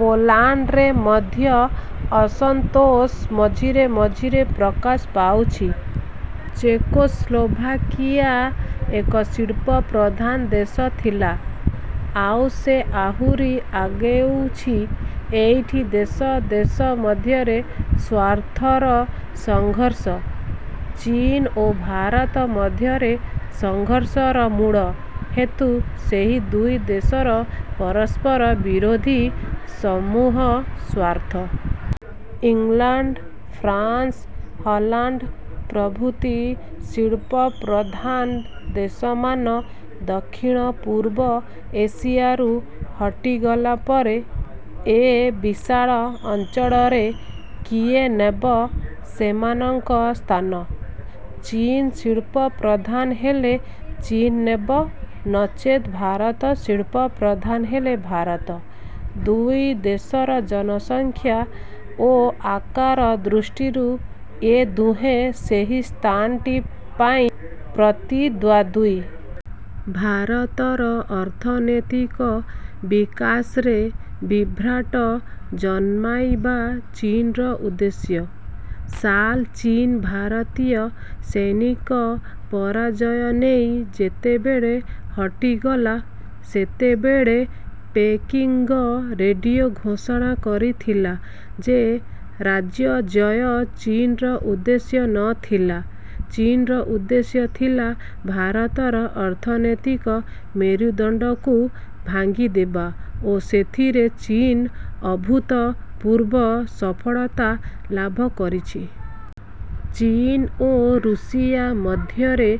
ପୋଲାଣ୍ଡରେ ମଧ୍ୟ ଅସନ୍ତୋଷ ମଝିରେ ମଝିରେ ପ୍ରକାଶ ପାଉଛି। ଚେକୋସ୍ଲୋଭାକିଆ ଏକ ଶିଳ୍ପ ପ୍ରଧାନ ଦେଶ ଥିଲା। ଆଉ ସେ ଆହୁରି ଆଗେଉଛି। ଏଇଠି ଦେଶ ଦେଶ ମଧ୍ୟରେ ସ୍ୱାର୍ଥର ସଂଘର୍ଷ। ଚୀନ ଓ ଭାରତ ମଧ୍ୟରେ ସଂଘର୍ଷର ମୂଳ ହେତୁ ସେହି ଦୁଇ ଦେଶର ପରସ୍ପର ବିରୋଧୀ ସମୂହ ସ୍ୱାର୍ଥ। ଇଂଲଣ୍ଡ, ଫ୍ରାନ୍ସ, ହଲାଣ୍ଡ ପ୍ରଭୃତି ଶିଳ୍ପପ୍ରଧାନ ଦେଶମାନ ଦକ୍ଷିଣ ପୂର୍ବ ଏସିଆରୁ ହଟିଗଲା ପରେ ଏ ବିଶାଳ ଅଞ୍ଚଳରେ କିଏ ନେବ ସେମାନଙ୍କ ସ୍ଥାନ। ଚୀନ ଶିଳ୍ପପ୍ରଧାନ ହେଲେ ଚୀନ ନେବ ନଚେତ ଭାରତ ଶିଳ୍ପପ୍ରଧାନ ହେଲେ ଭାରତ। ଦୁଇ ଦେଶର ଜନସଂଖ୍ୟା ଓ ଆକାର ଦୃଷ୍ଟିରୁ ଏ ଦୁହେଁ ସେହି ସ୍ଥାନଟି ପାଇଁ ପ୍ରତିଦ୍ୱନ୍ଦ୍ୱୀ। ଭାରତର ଅର୍ଥନୈତିକ ବିକାଶରେ ବିଭ୍ରାଟ ଜନ୍ମାଇବା ଚୀନର ଉଦ୍ଦେଶ୍ୟ। ସାଲ ଚୀନ ଭାରତୀୟ ସୈନ୍ୟଙ୍କ ପରାଜୟ ନେଇ ଯେତେବେଳେ ହଟିଗଲା, ସେତେବେଳେ ପେକିଙ୍ଗ୍ ରେଡ଼ିଓ ଘୋଷଣା କରିଥିଲା ଯେ ରାଜ୍ୟଜୟ ଚୀନର ଉଦ୍ଦେଶ୍ୟ ନ ଥିଲା। ଚୀନର ଉଦ୍ଦେଶ୍ୟ ଥିଲା ଭାରତର ଅର୍ଥନୈତିକ ମେରୁଦଣ୍ଡକୁ ଭାଙ୍ଗିଦେବା ଓ ସେଥିରେ ଚୀନ ଅଭୁତପୂର୍ବ ସଫଳତା ଲାଭକରିଛି। ଚୀନ ଓ ରୁଷିଆ ମଧ୍ୟରେ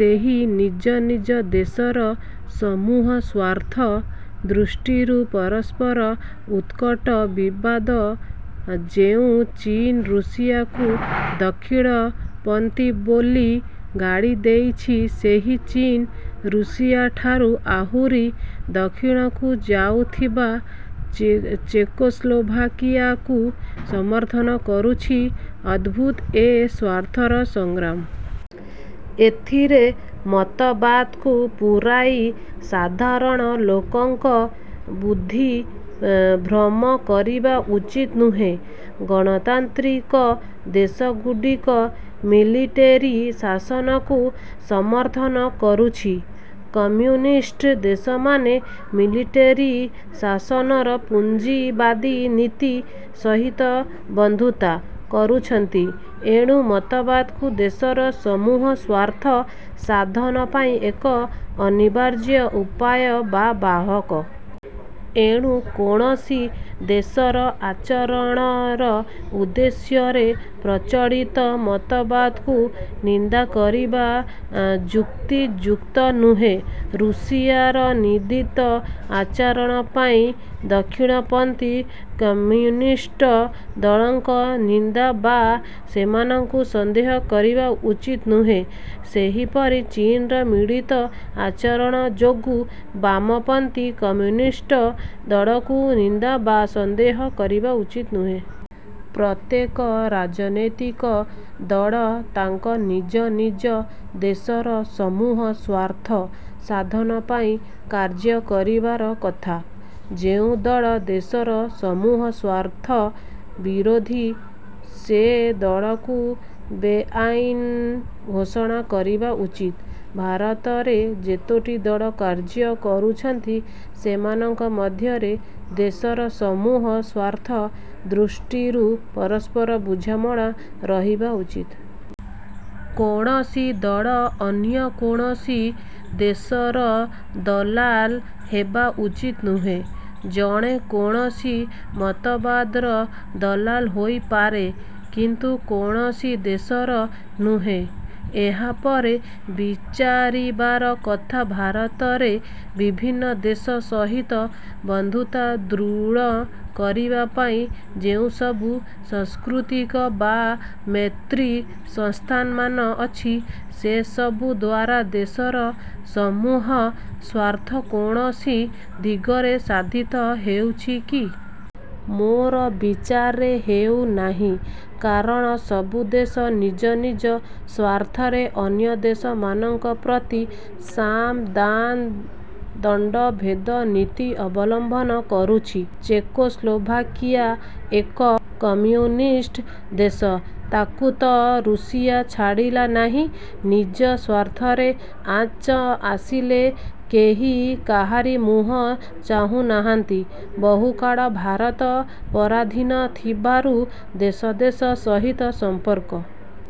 ସେହି ନିଜ ନିଜ ଦେଶର ସମୂହ ସ୍ୱାର୍ଥ ଦୃଷ୍ଟିରୁ ପରସ୍ପର ଉତ୍କଟ ବିବାଦ ଯେଉଁ ଚୀନ ରୁଷିଆକୁ ଦକ୍ଷିଣପନ୍ଥୀ ବୋଲି ଗାଳିଦେଇଛି, ସେହି ଚୀନ ରୁଷିଆଠାରୁ ଆହୁରି ଦକ୍ଷିଣକୁ ଯାଉଥିବା ଚେକୋସ୍ଲୋଭାକିଆକୁ ସମର୍ଥନ କରୁଛି। ଅଦଭୁତ ଏ ସ୍ୱାର୍ଥର ସଂଗ୍ରାମ। ଏଥିରେ ମତବାଦକୁ ପୂରାଇ ସାଧାରଣ ଲୋକଙ୍କ ବୁଦ୍ଧି ଭ୍ରମ କରିବା ଉଚିତ ନୁହେଁ। ଗଣତାନ୍ତ୍ରିକ ଦେଶଗୁଡ଼ିକ ମିଲିଟେରୀ ଶାସନକୁ ସମର୍ଥନ କରୁଛି। କମ୍ୟୁନିଷ୍ଟ ଦେଶମାନେ ମିଲିଟେରୀ ଶାସନର ପୁଞ୍ଜିବାଦୀ ନୀତି ସହିତ ବନ୍ଧୁତା କରୁଛନ୍ତି। ଏଣୁ ମତବାଦକୁ ଦେଶର ସମୂହ ସ୍ୱାର୍ଥ ସାଧନପାଇଁ ଏକ ଅନିବାର୍ଯ୍ୟ ଉପାୟ ବା ବାହକ। ଏଣୁ କୌଣସି ଦେଶର ଆଚରଣର ଉଦ୍ଦେଶ୍ୟରେ ପ୍ରଚଳିତ ମତବାଦକୁ ନିନ୍ଦାକରିବା ଯୁକ୍ତିଯୁକ୍ତ ନୁହେଁ। ରୁଷିଆର ନିନ୍ଦିତ ଆଚରଣ ପାଇଁ ଦକ୍ଷିଣପନ୍ଥୀ କମ୍ୟୁନିଷ୍ଟ ଦଳଙ୍କ ନିନ୍ଦା ବା ସେମାନଙ୍କୁ ସନ୍ଦେହ କରିବା ଉଚିତ ନୁହେଁ। ସେହିପରି ଚୀନର ମିଳିତ ଆଚରଣଯୋଗୁଁ ବାମପନ୍ଥୀ କମ୍ୟୁନିଷ୍ଟ ଦଳକୁ ନିନ୍ଦା ବା ସନ୍ଦେହ କରିବା ଉଚିତ ନୁହେଁ। ପ୍ରତ୍ୟେକ ରାଜନୈତିକ ଦଳ ତାଙ୍କ ନିଜ ନିଜ ଦେଶର ସମୂହ ସ୍ୱାର୍ଥ ସାଧନ ପାଇଁ କାର୍ଯ୍ୟ କରିବାର କଥା। ଯେଉଁ ଦଳ ଦେଶର ସମୂହ ସ୍ୱାର୍ଥ ବିରୋଧୀ, ସେ ଦଳକୁ ବେଆଇନ ଘୋଷଣା କରିବା ଉଚିତ। ଭାରତରେ ଯେତୋଟି ଦଳ କାର୍ଯ୍ୟ କରୁଛନ୍ତି, ସେମାନଙ୍କ ମଧ୍ୟରେ ଦେଶର ସମୂହ ସ୍ୱାର୍ଥ ଦୃଷ୍ଟିରୁ ପରସ୍ପର ବୁଝାମଣା ରହିବା ଉଚିତ। କୌଣସି ଦଳ ଅନ୍ୟ କୌଣସି ଦେଶର ଦଲାଲ ହେବା ଉଚିତ ନୁହେଁ। ଜଣେ କୌଣସି ମତବାଦର ଦଲାଲ ହୋଇପାରେ, କିନ୍ତୁ କୌଣସି ଦେଶର ନୁହେଁ। ଏହାପରେ ବିଚାରିବାର କଥା ଭାରତରେ ବିଭିନ୍ନ ଦେଶ ସହିତ ବନ୍ଧୁତା ଦୃଢ଼ କରିବାପାଇଁ ଯେଉଁସବୁ ସାଂସ୍କୃତିକ ବା ମୈତ୍ରୀ ସଂସ୍ଥାମାନ ଅଛି, ସେସବୁଦ୍ୱାରା ଦେଶର ସମୂହ ସ୍ୱାର୍ଥ କୌଣସି ଦିଗରେ ସାଧିତ ହେଉଛି କି? ମୋର ବିଚାରରେ ହେଉନାହିଁ। କାରଣ ସବୁ ଦେଶ ନିଜ ନିଜ ସ୍ୱାର୍ଥରେ ଅନ୍ୟ ଦେଶମାନଙ୍କ ପ୍ରତି ସାମ, ଦାନ, ଦଣ୍ଡ, ଭେଦ ନୀତି ଅବଲମ୍ବନ କରୁଛି। ଚେକୋସ୍ଲୋଭାକିଆ ଏକ କମ୍ୟୁନିଷ୍ଟ ଦେଶ। ତାକୁ ତ ରୁଷିଆ ଛାଡ଼ିଲା ନାହିଁ। ନିଜ ସ୍ୱାର୍ଥରେ ଆଞ୍ଚ ଆସିଲେ କେହି କାହାରି ମୁହଁ ଚାହୁଁନାହାନ୍ତି। ବହୁକାଳ ଭାରତ ପରାଧୀନ ଥିବାରୁ ଦେଶ ଦେଶ ସହିତ ସମ୍ପର୍କ